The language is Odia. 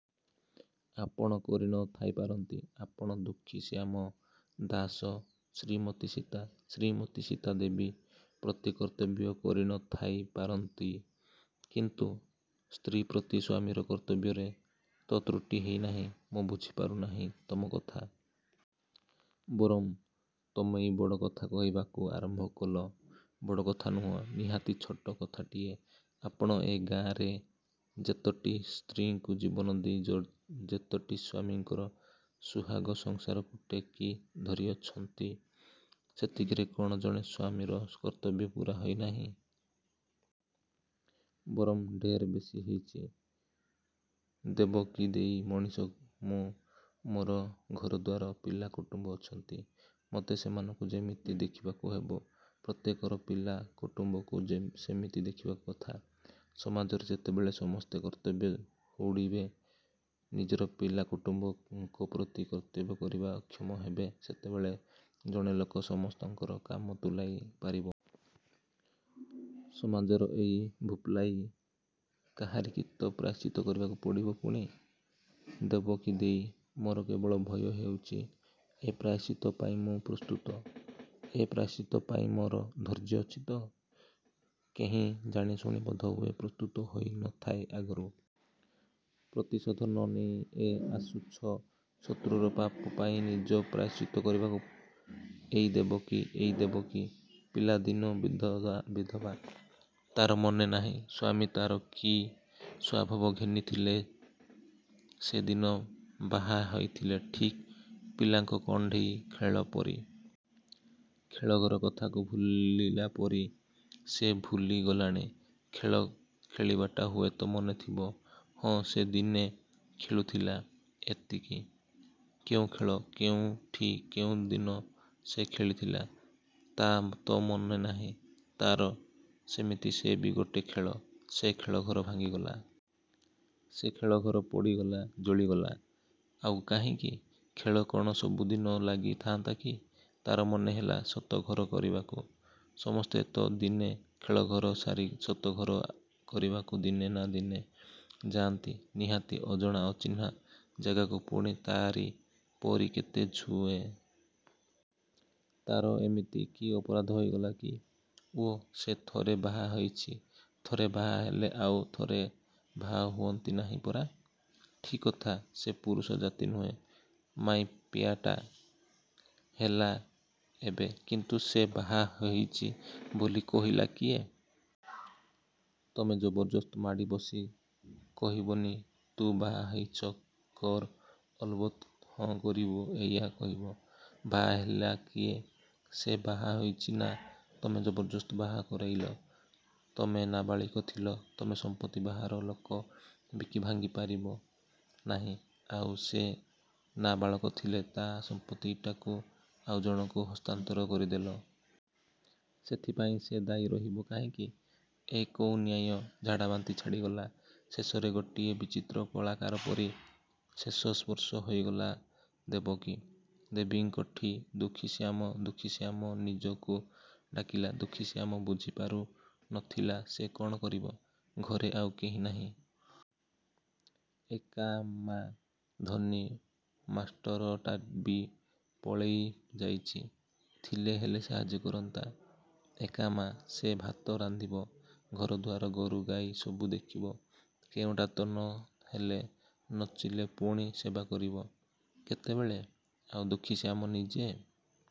ଆପଣ କରି ନ ଥାଇ ପାରନ୍ତି। ଆପଣ ଦୁଃଖୀଶ୍ୟାମ ଦାଶ ଶ୍ରୀମତୀ ସୀତା ଶ୍ରୀମତି ସୀତା ଦେବୀ ପ୍ରତି କର୍ତ୍ତବ୍ୟ କରି ନ ଥାଇ ପାରନ୍ତି କିନ୍ତୁ ସ୍ତ୍ରୀ ପ୍ରତି ସ୍ୱାମୀର କର୍ତ୍ତବ୍ୟରେ ତ ତ୍ରୁଟି ହେଇନାହିଁ। ମୁଁ ବୁଝିପାରୁ ନାହିଁ ତମ କଥା। ବରଂ ତମେଇ ବଡ଼ କଥା କହିବାକୁ ଆରମ୍ଭ କଲ। ବଡ଼ କଥା ନୁହେଁ। ନିହାତି ଛୋଟ କଥାଟିଏ। ଆପଣ ଏ ଗାଁରେ ଯେତୋଟି ସ୍ତ୍ରୀଙ୍କୁ ଜୀବନ ଦେଇ ଯେତୋଟି ସ୍ୱାମୀଙ୍କର ସୁହାଗ ସଂସାରକୁ ଟେକି ଧରିଅଛନ୍ତି, ସେତିକିରେ କଣ ଜଣେ ସ୍ୱାମୀର କର୍ତ୍ତବ୍ୟ ପୂରା ହୋଇ ନାହିଁ। ବରଂ ଢେର୍ ବେଶି ହେଇଚି। ଦେବକୀ ଦେଈ ମଣିଷ ମୁଁ ମୋର ଘରଦ୍ୱାର ପିଲା କୁଟୁମ୍ୱ ଅଛନ୍ତି। ମୋତେ ସେମାନଙ୍କୁ ଯେମିତି ଦେଖିବାକୁ ହେବ ପ୍ରତ୍ୟେକର ପିଲା କୁଠୁମ୍ୱଙ୍କୁ ଯେମିତି ସେମିତି ଦେଖିବା କଥା। ସମାଜରେ ଯେତେବେଳେ ସମସ୍ତେ କର୍ତ୍ତବ୍ୟ ହୁଡ଼ିବେ ନିଜର ପିଲା କୁଟୁମ୍ୱଙ୍କ ପ୍ରତି କର୍ତ୍ତବ୍ୟ କରିବାକୁ ଅକ୍ଷମ ହେବେ ସେତେବେଳେ ଜଣେ ଲୋକ ସମସ୍ତଙ୍କର କାମ ତୁଲାଇ ପାରିବ? ସମାଜର ଏଇ ଭୁଲ୍ପାଇଁ କାହାରିକି ତ ପ୍ରାୟଶ୍ଚିତ୍ତ କରିବାକୁ ପଡ଼ିବ ପୁଣି? ଦେବକୀ ଦେଈ ମୋର କେବଳ ଭୟ ହେଉଚି ଏ ପ୍ରାୟଶ୍ଚିତ୍ତ ପାଇଁ ମୁଁ ପ୍ରସ୍ତୁତ। ଏ ପ୍ରାୟଶ୍ଚିତ୍ତ ପାଇଁ ମୋର ଧୈର୍ଯ୍ୟ ଅଛି ତ? କେହି ଜାଣିଶୁଣି ବୋଧହୁଏ ପ୍ରସ୍ତୁତ ହୋଇ ନ ଥାଏ ଆଗରୁ। ପ୍ରତିଶୋଧ ନ ନେଇ ଏ ଆସିଛ ଶତ୍ରୁର ପାପ ପାଇ ନିଜେ ପ୍ରାୟଶ୍ଚିତ୍ତ କରିବାକୁ? ଏଇ ଦେବକୀ? ଏଇ ଦେବକୀ। ପିଲାଦିନୁ ବିଧବା ବିଧବା। ତା'ର ମନେ ନାହିଁ, ସ୍ୱାମୀ ତା'ର କି ସ୍ୱଭାବ ଘେନିଥିଲେ ସେ ଦିନ ବାହା ହୋଇଥିଲେ ଠିକ୍ ପିଲାଙ୍କ କଣ୍ଢେଇ ଖେଳ ପରି। ଖେଳଘର କଥାକୁ ଭୁଲିଲା ପରି ସେ ଭୁଲି ଗଲାଣି। ଖେଳ ଖେଳିବାଟା ହୁଏତ ମନେଥିବ। ହଁ ସେ ଦିନେ ଖେଳୁଥିଲା ଏତିକି। କେଉଁ ଖେଳ କେଉଁଠି କେଉଁଦିନ ସେ ଖେଳିଥିଲା ତା' ତ ମନେ ନାହିଁ ତାର । ସେମିତି ସେ ବି ଗୋଟେ ଖେଳ। ସେ ଖେଳଘର ଭାଙ୍ଗିଗଲା। ସେ ଖେଳଘର ପୋଡ଼ିଗଲା ଜଳିଗଲା। ଆଉ କାହିଁକି? ଖେଳ କଣ ସବୁଦିନ ଲାଗି ଥାଆନ୍ତା କି? ତାର ମନେ ହେଲା ସତ ଘର କରିବାକୁ। ସମସ୍ତେ ତ ଦିନେ ଖେଳଘର ସାରି ସତ ଘର କରିବାକୁ ଦିନେ ନା ଦିନେ ଯାଆନ୍ତି ନିହାତି ଅଜଣା ଅଚିହ୍ନା ଜାଗାକୁ ପୁଣି ତାରି ପରି କେତେ ଛୁଏ। ତା'ର ଏମିତି କି ଅପରାଧ ହେଇଗଲା କି? ଓଃ ସେ ଥରେ ବାହା ହେଇଚି। ଥରେ ବାହା ହେଲେ ଆଉ ଥରେ ବାହା ହୁଅନ୍ତି ନାହିଁ ପରା! ଠିକ୍ କଥା। ସେ ପୁରୁଷ ଜାତି ନୁହେଁ ମାଇପିଆଟା। ହେଲା ଏବେ। କିନ୍ତୁ ସେ ବାହା ହେଇଚି ବୋଲି କହିଲା କିଏ? ତମେ ଜବରଦସ୍ତ ମାଡ଼ି ବସି କହିବନି ତୁ ବାହା ହେଇଚ କର ଅଲବତ୍ ହଁ କରିବୁ ଏଇୟା କହିବ? ବାହା ହେଲା କିଏ? ସେ ବାହା ହେଇଚି ନା ତମେ ଜବରଦସ୍ତ ବାହା କରେଇଲ? ତମେ ନାବାଳିକ ଥିଲେ ତମେ ସମ୍ପତ୍ତି ବାହାର ଲୋକେ ବିକି ଭାଙ୍ଗି ପାରିବ ନାହିଁ ଆଉ ସେ ନାବାଳକ ଥିଲେ ତା ସମ୍ପତ୍ତିଟାକୁ ଆଉ ଜଣକୁ ହସ୍ତାନ୍ତର କରିଦେଲ? ସେଥିପାଇଁ ସେ ଦାୟୀ ରହିବ କାହିଁକି? ଏ କୋଉଁ ନ୍ୟାୟ? ଝାଡ଼ାବାନ୍ତି ଛାଡ଼ିଗଲା। ଶେଷରେ ଗୋଟିଏ ବିଚିତ୍ର କଳାକାର ପରି ଶେଷ ସ୍ପର୍ଶ ହେଇଗଲା ଦେବକୀ ଦେବୀଙ୍କଠି। ଦୁଃଖୀଶ୍ୟାମ! ଦୁଃଖୀଶ୍ୟାମ ନିଜକୁ ଡାକିଲା। ଦୁଃଖୀଶ୍ୟାମ ବୁଝିପାରୁ ନଥିଲା ସେ କ'ଣ କରିବ। ଘରେ ଆଉ କେହି ନାହିଁ। ଏକା ମା। ଧନୀ ମାଷ୍ଟରଟାବି ପଳେଇ ଯାଇଚି। ଥିଲେ ହେଲେ ସାହାଯ୍ୟ କରନ୍ତା। ଏକା ମା। ସେ ଭାତ ରାନ୍ଧିବ ଘର ଦ୍ୱାର ଗୋରୁ ଗାଈ ସବୁ ଦେଖିବ କୋଉଁଟା ତ ନ ହେଲେ ନଚିଲେ ପୁଣି ସେବା କରିବ କେତେବେଳେ? ଆଉ ଦୁଃଖୀଶ୍ୟାମ ନିଜେ?